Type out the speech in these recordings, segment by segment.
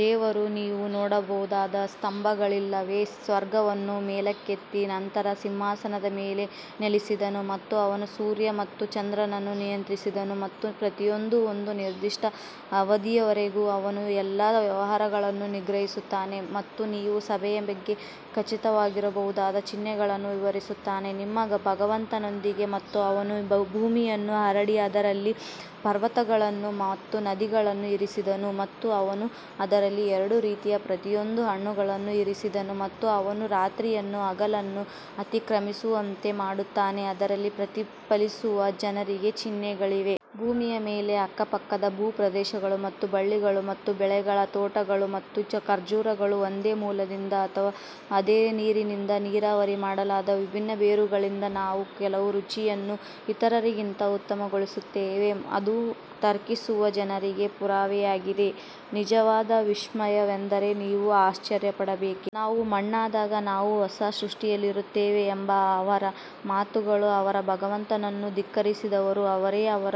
ದೇವರು ನೀವು ನೋಡಬಹುದಾದ ಸ್ತಂಭಗಳಿಲ್ಲದೆ ಸ್ವರ್ಗವನ್ನು ಮೇಲಕ್ಕೆತ್ತಿ ನಂತರ ಸಿಂಹಾಸನದ ಮೇಲೆ ನೆಲೆಸಿದನು ಮತ್ತು ಅವನು ಸೂರ್ಯ ಮತ್ತು ಚಂದ್ರನನ್ನು ನಿಯಂತ್ರಿಸಿದನು ಮತ್ತು ಪ್ರತಿಯೊಂದೂ ಒಂದು ನಿರ್ದಿಷ್ಟ ಅವಧಿಯವರೆಗೆ ಅವನು ಎಲ್ಲಾ ವ್ಯವಹಾರಗಳನ್ನು ನಿರ್ವಹಿಸುತ್ತಾನೆ ಮತ್ತು ನೀವು ಸಭೆಯ ಬಗ್ಗೆ ಖಚಿತವಾಗಿರಬಹುದಾದ ಚಿಹ್ನೆಗಳನ್ನು ವಿವರಿಸುತ್ತಾನೆ. ನಿಮ್ಮ ಭಗವಂತನೊಂದಿಗೆ ಮತ್ತು ಅವನು ಭೂಮಿಯನ್ನು ಹರಡಿ ಅದರಲ್ಲಿ ಪರ್ವತಗಳನ್ನು ಮತ್ತು ನದಿಗಳನ್ನು ಇರಿಸಿದನು ಮತ್ತು ಅವನು ಅದರಲ್ಲಿ ಎರಡು ರೀತಿಯ ಪ್ರತಿಯೊಂದು ಹಣ್ಣುಗಳನ್ನು ಇರಿಸಿದನು ಮತ್ತು ಅವನು ರಾತ್ರಿಯನ್ನು ಹಗಲನ್ನು ಅತಿಕ್ರಮಿಸುವಂತೆ ಮಾಡುತ್ತಾನೆ, ಅದರಲ್ಲಿ ಪ್ರತಿಫಲಿಸುವ ಜನರಿಗೆ ಚಿಹ್ನೆಗಳಿವೆ. ಭೂಮಿಯ ಮೇಲೆ ಅಕ್ಕಪಕ್ಕದ ಭೂಪ್ರದೇಶಗಳು ಮತ್ತು ಬಳ್ಳಿಗಳು ಮತ್ತು ಬೆಳೆಗಳ ತೋಟಗಳು ಮತ್ತು ಖರ್ಜೂರಗಳು ಒಂದೇ ಮೂಲದಿಂದ ಅಥವಾ ಅದೇ ನೀರಿನಿಂದ ನೀರಾವರಿ ಮಾಡಲಾದ ವಿಭಿನ್ನ ಬೇರುಗಳಿಂದ ನಾವು ಕೆಲವು ರುಚಿಯನ್ನು ಇತರರಿಗಿಂತ ಉತ್ತಮಗೊಳಿಸುತ್ತೇವೆ, ಅದು ತರ್ಕಿಸುವ ಜನರಿಗೆ ಪುರಾವೆಯಾಗಿದೆ. ನಿಜವಾದ ವಿಸ್ಮಯವೆಂದರೆ ನೀವು ಆಶ್ಚರ್ಯಪಡಬೇಕೇ, ನಾವು ಮಣ್ಣಾದಾಗ ನಾವು ಹೊಸ ಸೃಷ್ಟಿಯಲ್ಲಿರುತ್ತೇವೆ ಎಂಬ ಅವರ ಮಾತುಗಳು ಅವರ ಭಗವಂತನನ್ನು ಧಿಕ್ಕರಿಸಿದವರು ಅವರೇ ಅವರ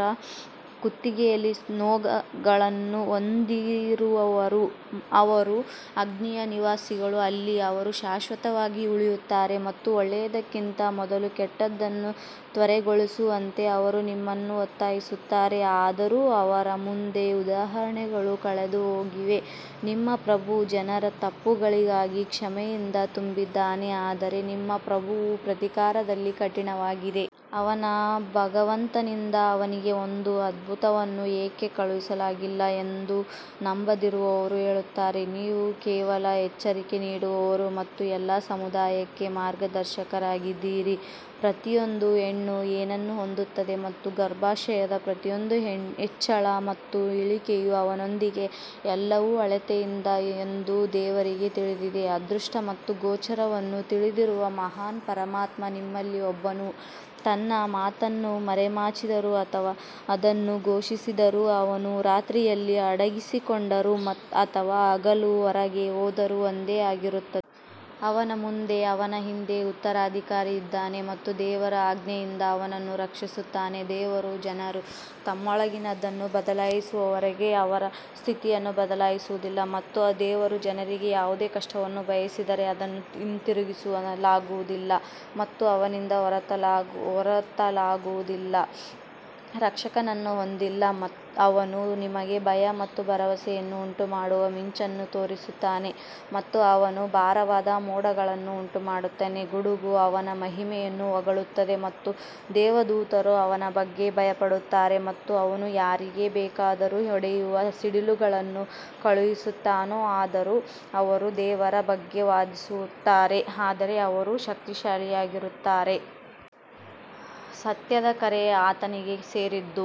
ಕುತ್ತಿಗೆಯಲ್ಲಿ ನೊಗಗಳನ್ನು ಹೊಂದಿರುವವರು ಅವರು ಅಗ್ನಿಯ ನಿವಾಸಿಗಳು ಅಲ್ಲಿ ಅವರು ಶಾಶ್ವತವಾಗಿ ಉಳಿಯುತ್ತಾರೆ ಮತ್ತು ಒಳ್ಳೆಯದಕ್ಕಿಂತ ಮೊದಲು ಕೆಟ್ಟದ್ದನ್ನು ತ್ವರೆಗೊಳಿಸುವಂತೆ ಅವರು ನಿಮ್ಮನ್ನು ಒತ್ತಾಯಿಸುತ್ತಾರೆ, ಆದರೂ ಅವರ ಮುಂದೆ ಉದಾಹರಣೆಗಳು ಕಳೆದುಹೋಗಿವೆ, ನಿಮ್ಮ ಪ್ರಭು ಜನರ ತಪ್ಪುಗಳಿಗಾಗಿ ಕ್ಷಮೆಯಿಂದ ತುಂಬಿದ್ದಾನೆ ಆದರೆ ನಿಮ್ಮ ಪ್ರಭುವು ಪ್ರತೀಕಾರದಲ್ಲಿ ಕಠಿಣವಾಗಿದೆ. ಅವನ ಭಗವಂತನಿಂದ ಅವನಿಗೆ ಒಂದು ಅದ್ಭುತವನ್ನು ಏಕೆ ಕಳುಹಿಸಲಾಗಿಲ್ಲ ಎಂದು ನಂಬದಿರುವವರು ಹೇಳುತ್ತಾರೆ, ನೀವು ಕೇವಲ ಎಚ್ಚರಿಕೆ ನೀಡುವವರು ಮತ್ತು ಎಲ್ಲಾ ಸಮುದಾಯಕ್ಕೆ ಮಾರ್ಗದರ್ಶಕರಾಗಿದ್ದೀರಿ. ಪ್ರತಿಯೊಂದು ಹೆಣ್ಣು ಏನನ್ನು ಹೊಂದುತ್ತದೆ ಮತ್ತು ಗರ್ಭಾಶಯದ ಪ್ರತಿಯೊಂದು ಹೆಚ್ಚಳ ಮತ್ತು ಇಳಿಕೆಯು ಅವನೊಂದಿಗೆ ಎಲ್ಲವೂ ಅಳತೆಯಿಂದ ಎಂದು ದೇವರಿಗೆ ತಿಳಿದಿದೆ ಅದೃಶ್ಯ ಮತ್ತು ಗೋಚರವನ್ನು ತಿಳಿದಿರುವ ಮಹಾನ್ ಪರಮಾತ್ಮ ನಿಮ್ಮಲ್ಲಿ ಒಬ್ಬನು ತನ್ನ ಮಾತನ್ನು ಮರೆಮಾಚಿದರೂ ಅಥವಾ ಅದನ್ನು ಘೋಷಿಸಿದರೂ ಅವನು ರಾತ್ರಿಯಲ್ಲಿ ಅಡಗಿಕೊಂಡರೂ ಅಥವಾ ಹಗಲು ಹೊರಗೆ ಹೋದರೂ ಒಂದೇ ಆಗಿರುತ್ತದೆ. ಅವನ ಮುಂದೆ ಅವನ ಹಿಂದೆ ಉತ್ತರಾಧಿಕಾರಿಯಿದ್ದಾನೆ ಮತ್ತು ದೇವರ ಆಜ್ಞೆಯಿಂದ ಅವನನ್ನು ರಕ್ಷಿಸುತ್ತಾನೆ ದೇವರು ಜನರು ತಮ್ಮೊಳಗಿನದನ್ನು ಬದಲಾಯಿಸುವವರೆಗೆ ಅವರ ಸ್ಥಿತಿಯನ್ನು ಬದಲಾಯಿಸುವುದಿಲ್ಲ ಮತ್ತು ದೇವರು ಜನರಿಗೆ ಯಾವುದೇ ಕಷ್ಟವನ್ನು ಬಯಸಿದರೆ ಅದನ್ನು ಹಿಂತಿರುಗಿಸಲಾಗುವುದಿಲ್ಲ ಮತ್ತು ಅವನಿಂದ ಹೊರತಾಗುವುದಿಲ್ಲ. ರಕ್ಷಕನನ್ನು ಹೊಂದಿಲ್ಲ ಅವನು ನಿಮಗೆ ಭಯ ಮತ್ತು ಭರವಸೆಯನ್ನು ಉಂಟುಮಾಡುವ ಮಿಂಚನ್ನು ತೋರಿಸುತ್ತಾನೆ ಮತ್ತು ಅವನು ಭಾರವಾದ ಮೋಡಗಳನ್ನು ಉಂಟುಮಾಡುತ್ತಾನೆ ಗುಡುಗು ಅವನ ಮಹಿಮೆಯನ್ನು ಹೊಗಳುತ್ತದೆ ಮತ್ತು ದೇವದೂತರು ಅವನ ಬಗ್ಗೆ ಭಯಪಡುತ್ತಾರೆ ಮತ್ತು ಅವನು ಯಾರಿಗೆ ಬೇಕಾದರೂ ಹೊಡೆಯುವ ಸಿಡಿಲುಗಳನ್ನು ಕಳುಹಿಸುತ್ತಾನೆ, ಆದರೂ ಅವರು ದೇವರ ಬಗ್ಗೆ ವಾದಿಸುತ್ತಾರೆ, ಆದರೆ ಅವರು ಶಕ್ತಿಶಾಲಿಯಾಗಿರುತ್ತಾರೆ. ಸತ್ಯದ ಕರೆ ಆತನಿಗೆ ಸೇರಿದ್ದು,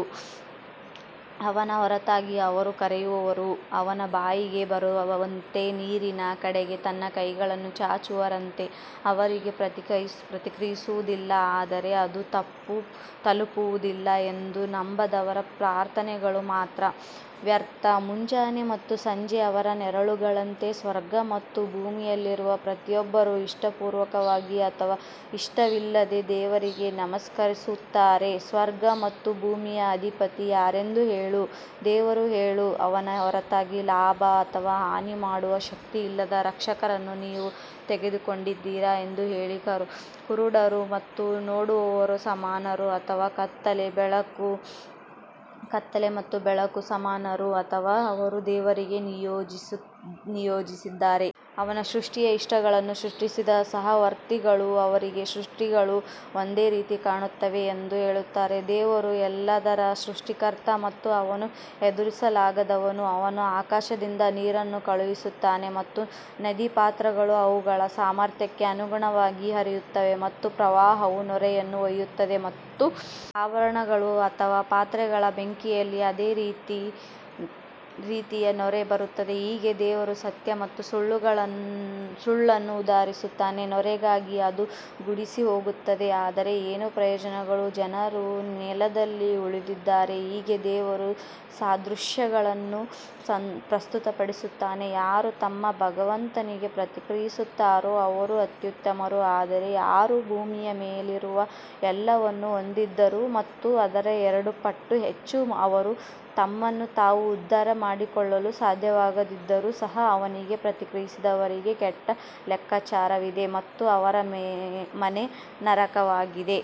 ಅವನ ಹೊರತಾಗಿ ಅವರು ಕರೆಯುವವರು ಅವನ ಬಾಯಿಗೆ ಬರುವಂತೆ ನೀರಿನ ಕಡೆಗೆ ತನ್ನ ಕೈಗಳನ್ನು ಚಾಚುವವರಂತೆ ಅವರಿಗೆ ಪ್ರತಿಕ್ರಿಯಿಸುವುದಿಲ್ಲ ಆದರೆ ಅದು ತಲುಪುವುದಿಲ್ಲ ಎಂದು ನಂಬದವರ ಪ್ರಾರ್ಥನೆಗಳು ಮಾತ್ರ. ವ್ಯರ್ಥ ಮುಂಜಾನೆ ಮತ್ತು ಸಂಜೆ ಅವರ ನೆರಳುಗಳಂತೆ ಸ್ವರ್ಗ ಮತ್ತು ಭೂಮಿಯಲ್ಲಿರುವ ಪ್ರತಿಯೊಬ್ಬರೂ ಇಷ್ಟಪೂರ್ವಕವಾಗಿ ಅಥವಾ ಇಷ್ಟವಿಲ್ಲದೆ ದೇವರಿಗೆ ನಮಸ್ಕರಿಸುತ್ತಾರೆ ಸ್ವರ್ಗ ಮತ್ತು ಭೂಮಿಯ ಅಧಿಪತಿ ಯಾರೆಂದು ಹೇಳು ದೇವರು ಹೇಳು ಅವನ ಹೊರತಾಗಿ ಲಾಭ ಅಥವಾ ಹಾನಿ ಮಾಡುವ ಶಕ್ತಿಯಿಲ್ಲದ ರಕ್ಷಕರನ್ನು ನೀವು ತೆಗೆದುಕೊಂಡಿದ್ದೀರಾ ಎಂದು ಹೇಳಿ ಕುರುಡರು ಮತ್ತು ನೋಡುವವರು ಸಮಾನರು ಅಥವಾ ಕತ್ತಲೆ ಮತ್ತು ಬೆಳಕು ಸಮಾನರು ಅಥವಾ ಅವರು ದೇವರಿಗೆ ನಿಯೋಜಿಸಿದ್ದೀರಾ? ಅವನ ಸೃಷ್ಟಿಯ ಇಷ್ಟಗಳನ್ನು ಸೃಷ್ಟಿಸಿದ ಸಹವರ್ತಿಗಳು ಅವರಿಗೆ ಸೃಷ್ಟಿಗಳು ಒಂದೇ ರೀತಿ ಕಾಣುತ್ತವೆ ಎಂದು ಹೇಳುತ್ತಾರೆ ದೇವರು ಎಲ್ಲದರ ಸೃಷ್ಟಿಕರ್ತ ಮತ್ತು ಅವನು ಎದುರಿಸಲಾಗದವನು ಅವನು ಆಕಾಶದಿಂದ ನೀರನ್ನು ಕಳುಹಿಸುತ್ತಾನೆ ಮತ್ತು ನದಿಪಾತ್ರಗಳು ಅವುಗಳ ಸಾಮರ್ಥ್ಯಕ್ಕೆ ಅನುಗುಣವಾಗಿ ಹರಿಯುತ್ತವೆ ಮತ್ತು ಪ್ರವಾಹವು ನೊರೆಯನ್ನು ಒಯ್ಯುತ್ತದೆ ಮತ್ತು ಆಭರಣಗಳು ಅಥವಾ ಪಾತ್ರೆಗಳ ಬೆಂಕಿಯಲ್ಲಿ ಅದೇ ರೀತಿಯ ನೊರೆ ಬರುತ್ತದೆ, ಹೀಗೆ ದೇವರು ಸತ್ಯ ಮತ್ತು ಸುಳ್ಳನ್ನು ಉದಾಹರಿಸುತ್ತಾನೆ ನೊರೆಗಾಗಿ ಅದು ಗುಡಿಸಿಹೋಗುತ್ತದೆ ಆದರೆ ಏನು ಪ್ರಯೋಜನಗಳು ಜನರು ನೆಲದಲ್ಲಿ ಉಳಿದಿದ್ದಾರೆ ಹೀಗೆ ದೇವರು ಸಾದೃಶ್ಯಗಳನ್ನು ಪ್ರಸ್ತುತಪಡಿಸುತ್ತಾನೆ ಯಾರು ತಮ್ಮ ಭಗವಂತನಿಗೆ ಪ್ರತಿಕ್ರಿಯಿಸುತ್ತಾರೋ ಅವರು ಅತ್ಯುತ್ತಮರು ಆದರೆ ಯಾರು ಭೂಮಿಯ ಮೇಲಿರುವ ಎಲ್ಲವನ್ನೂ ಹೊಂದಿದ್ದರೂ ಮತ್ತು ಅದರ ಎರಡು ಪಟ್ಟು ಹೆಚ್ಚು ಅವರು ತಮ್ಮನ್ನು ತಾವು ಉದ್ಧಾರ ಮಾಡಿಕೊಳ್ಳಲು ಸಾಧ್ಯವಾಗದಿದ್ದರೂ ಸಹ ಅವನಿಗೆ ಪ್ರತಿಕ್ರಿಯಿಸದವರಿಗೆ ಕೆಟ್ಟ ಲೆಕ್ಕಾಚಾರವಿದೆ ಮತ್ತು ಅವರ ಮನೆ ನರಕವಾಗಿದೆ.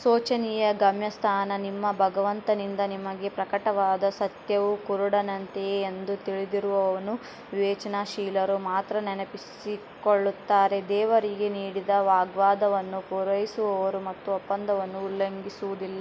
ಶೋಚನೀಯ ಗಮ್ಯಸ್ಥಾನ ನಿಮ್ಮ ಭಗವಂತನಿಂದ ನಿಮಗೆ ಪ್ರಕಟವಾದ ಸತ್ಯವು ಕುರುಡನಂತೆಯೇ ಎಂದು ತಿಳಿದಿರುವವನು ವಿವೇಚನಾಶೀಲರು ಮಾತ್ರ ನೆನಪಿಸಿಕೊಳ್ಳುತ್ತಾರೆ ದೇವರಿಗೆ ನೀಡಿದ ವಾಗ್ದಾನವನ್ನು ಪೂರೈಸುವವರು ಮತ್ತು ಒಪ್ಪಂದವನ್ನು ಉಲ್ಲಂಘಿಸುವುದಿಲ್ಲ.